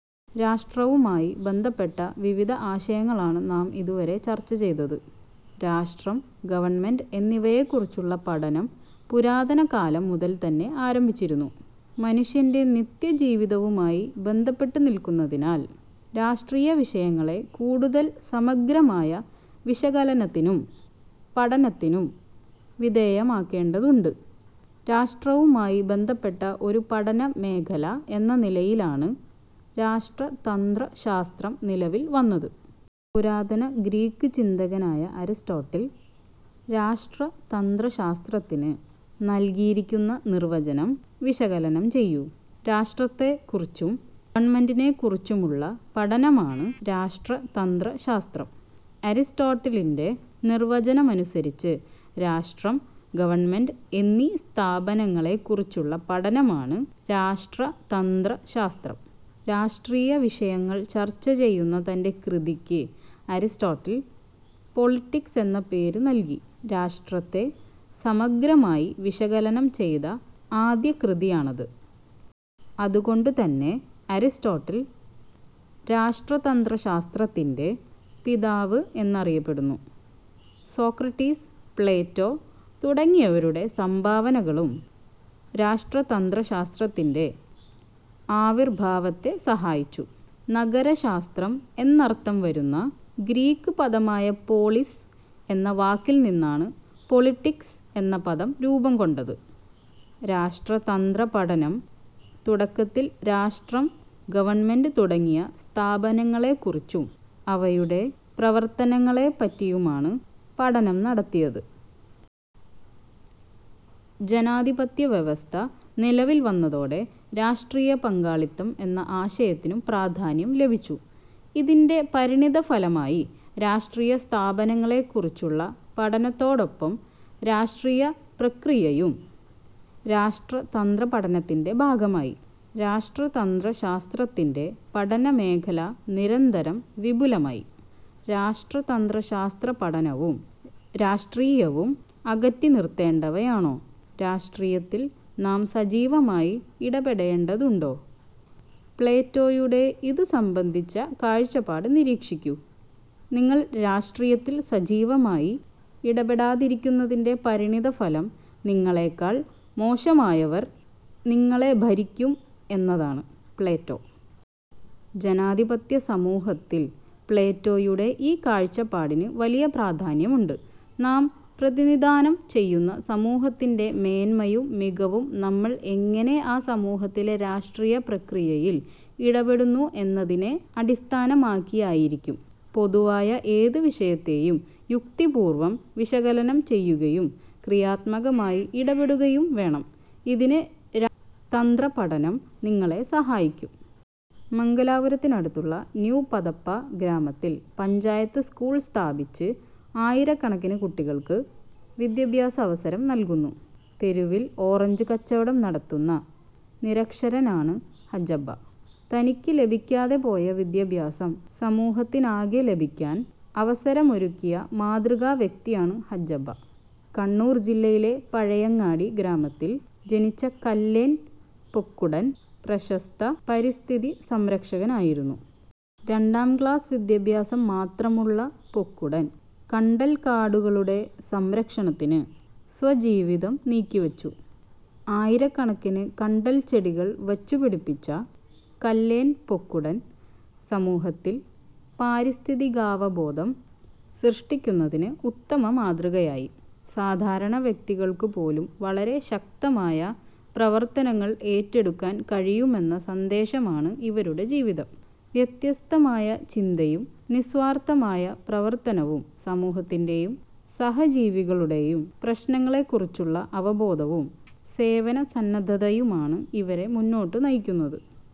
രാഷ്ട്രവുമായി ബന്ധപ്പെട്ട വിവിധ ആശയങ്ങളാണ് നാം ഇതുവരെ ചർച്ച ചെയ്തത്. രാഷ്ട്രം, ഗവൺമെന്റ് എന്നിവയെക്കുറിച്ചുള്ള പഠനം പുരാതന കാലം മുതൽതന്നെ ആരംഭിച്ചിരുന്നു. മനുഷ്യന്റെ നിത്യജീവിതവുമായി ബന്ധപ്പെട്ടു നിൽക്കുന്നതിനാൽ രാഷ്ട്രീയവിഷയങ്ങളെ കൂടുതൽ സമഗ്രമായ വിശകലനത്തിനും പഠനത്തിനും വിധേയമാക്കേണ്ടതുണ്ട്. രാഷ്ട്രവുമായി ബന്ധപ്പെട്ട ഒരു പഠനമേഖല എന്ന നിലയിലാണ് രാഷ്ട്രതന്ത്രശാസ്ത്രം നിലവിൽ വന്നത്. പുരാതന ഗ്രീക്ക് ചിന്തകനായ അരിസ്റ്റോട്ടിൽ രാഷ്ട്രതന്ത്രശാസ്ത്രത്തിന് നൽകിയിരിക്കുന്ന നിർവചനം വിശകലനം ചെയ്യൂ. രാഷ്ട്രത്തെക്കുറിച്ചും ഗവൺമെന്റിനെക്കുറിച്ചുമുള്ള പഠനമാണ് രാഷ്ട്രതന്ത്രശാസ്ത്രം അരിസ്റ്റോട്ടിലിന്റെ നിർവചനമനുസരിച്ച് രാഷ്ട്രം, ഗവൺമെന്റ് എന്നീ സ്ഥാപനങ്ങളെക്കുറിച്ചുള്ള പഠനമാണ് രാഷ്ട്രതന്ത്രശാസ്ത്രം. രാഷ്ട്രീയവിഷയങ്ങൾ ചർച്ചചെയ്യുന്ന തന്റെ കൃതിക്ക് അരിസ്റ്റോട്ടിൽ പൊളിറ്റിക്സ്' എന്ന പേരു നൽകി. രാഷ്ട്രത്തെ സമഗ്രമായി വിശകലനം ചെയ്ത ആദ്യകൃതിയാണത്. അതുകൊണ്ടുതന്നെ അരിസ്റ്റോട്ടിൽ രാഷ്ട്രതന്ത്രശാസ്ത്രത്തിന്റെ പിതാവ് എന്നറിയപ്പെടുന്നു. സോക്രട്ടീസ്, പ്ലേറ്റോ തുടങ്ങിയവരുടെ സംഭാവനകളും രാഷ്ട്രതന്ത്രശാസ്ത്രത്തിന്റെ ആവിർഭാവത്തെ സഹായിച്ചു. നഗരരാഷ്ട്രംഎന്നർഥം വരുന്ന ഗ്രീക്ക് പദമായ പോളിസ് എന്ന വാക്കിൽനിന്നാണ് പൊളിറ്റിക്സ്' എന്ന പദം രൂപം കൊണ്ടത്. രാഷ്ട്രതന്ത്ര പഠനം തുടക്കത്തിൽ രാഷ്ട്രം, ഗവൺമെന്റ് തുടങ്ങിയ സ്ഥാപനങ്ങളെക്കുറിച്ചും അവയുടെ പ്രവർത്തനങ്ങളെപ്പറ്റിയുമാണ് പഠനം നടത്തിയത്. ജനാധിപത്യ വ്യവസ്ഥ നിലവിൽവന്നതോടെ രാഷ്ട്രീയപങ്കാളിത്തം എന്ന ആശയത്തിനും പ്രാധാന്യം ലഭിച്ചു. ഇതിന്റെ പരിണതഫലമായി രാഷ്ട്രീയസ്ഥാപനങ്ങളെക്കുറിച്ചുള്ള പഠനത്തോടൊപ്പം രാഷ്ട്രീയപ്രക്രിയയും രാഷ്ട്രതന്ത്രപഠനത്തിന്റെ ഭാഗമായി. രാഷ്ട്രതന്ത്ര ശാസ്ത്രത്തിന്റെ പഠനമേഖല നിരന്തരം വിപുലമായി. രാഷ്ട്രതന്ത്രശാസ്ത്രപഠനവും രാഷ്ട്രീയവും അകറ്റിനിർത്തേണ്ടവയാണോ? രാഷ്ട്രീയത്തിൽ നാം സജീവമായി ഇടപെടേണ്ടതുണ്ടോ? പ്ലേറ്റോയുടെ ഇതു സംബന്ധിച്ച കാഴ്ചപ്പാട് നിരീക്ഷിക്കൂ. നിങ്ങൾ രാഷ്ട്രിയത്തിൽ സജീവമായി ഇടപെടാതിരിക്കുന്നതിന്റെ പരിണിത ഫലം നിങ്ങളേക്കാൾ മോശമായവർ നിങ്ങളെ ഭരിക്കും എന്നതാണ്-പ്ലേറ്റോ. ജനാധിപത്യസമൂഹത്തിൽ പ്ലേറ്റോയുടെ ഈ കാഴ്ചപ്പാടിന് വലിയപ്രാധാന്യമുണ്ട്. നാം പ്രതിനിധാനം ചെയ്യുന്ന സമൂഹത്തിന്റെ മേന്മയും മികവും നമ്മൾ എങ്ങനെ ആ സമൂഹത്തിലെ രാഷ്ട്രീയ പ്രക്രിയയിൽ ഇടപെടുന്നു എന്നതിനെ അടിസ്ഥാനമാക്കിയായിരിക്കും. പൊതുവായ ഏതു വിഷയത്തെയും യുക്തിപൂർവം വിശകലനം ചെയ്യുകയും ക്രിയാത്മകമായി ഇടപെടുകയും വേണം. ഇതിന് രാഷ്ട്രതന്ത്രപഠനം നിങ്ങളെ സഹായിക്കും. മംഗലാപുരത്തിനടുത്തുള്ള ന്യൂ പദപ്പ ഗ്രാമത്തിൽ പഞ്ചായത്ത് സ്കൂൾ സ്ഥാപിച്ച് ആയിരക്കണക്കിന് കുട്ടികൾക്ക് വിദ്യാഭ്യാസാവസരം നൽകുന്നു. തെരുവിൽ ഓറഞ്ച് കച്ചവടം നടത്തുന്ന നിരക്ഷരനാണ് ഹജ്ജബ്ബ. തനിക്ക് ലഭിക്കാതെപോയ വിദ്യാഭ്യാസം സമൂഹത്തിനാകെ ലഭിക്കാൻ അവസരമൊരുക്കിയ മാതൃകാ വ്യക്തിയാണ് ഹജ്ജബ്ബ. കണ്ണൂർ ജില്ലയിലെ പഴയങ്ങാടി ഗ്രാമത്തിൽ ജനിച്ച കല്ലേൻ പൊക്കുടൻ പ്രശസ്ത പരിസ്ഥിതി സംരക്ഷകനായിരുന്നു. രണ്ടാം ക്ലാസ് വിദ്യാഭ്യാസം മാത്രമുള്ള പൊക്കുടൻ കണ്ടൽക്കാടുകളുടെ സംരക്ഷണത്തിന് സ്വജീവിതം നീക്കിവച്ചു. ആയിരക്കണക്കിന് കണ്ടൽച്ചെടികൾ വച്ചുപിടിപ്പിച്ച കല്ലേൻ പൊക്കുടൻ സമൂഹത്തിൽ പാരിസ്ഥിതികാവബോധം സൃഷ്ടിക്കുന്നതിന് ഉത്തമമാതൃകയായി. സാധാരണ വ്യക്തികൾക്കുപോലും വളരെ ശക്തമായ പ്രവർത്തനങ്ങൾ ഏറ്റെടുക്കാൻ കഴിയുമെന്ന സന്ദേശമാണ് ഇവരുടെ ജീവിതം. വ്യത്യസ്തമായ ചിന്തയും നിസ്വാർഥമായ പ്രവർത്തനവും സമൂഹത്തിന്റെയും സഹജീവികളുടെയും പ്രശ്നങ്ങളെക്കുറിച്ചുള്ള അവബോധവും സേവനസന്നദ്ധതയുമാണ് ഇവരെ മുന്നോട്ടു നയിക്കുന്നത്.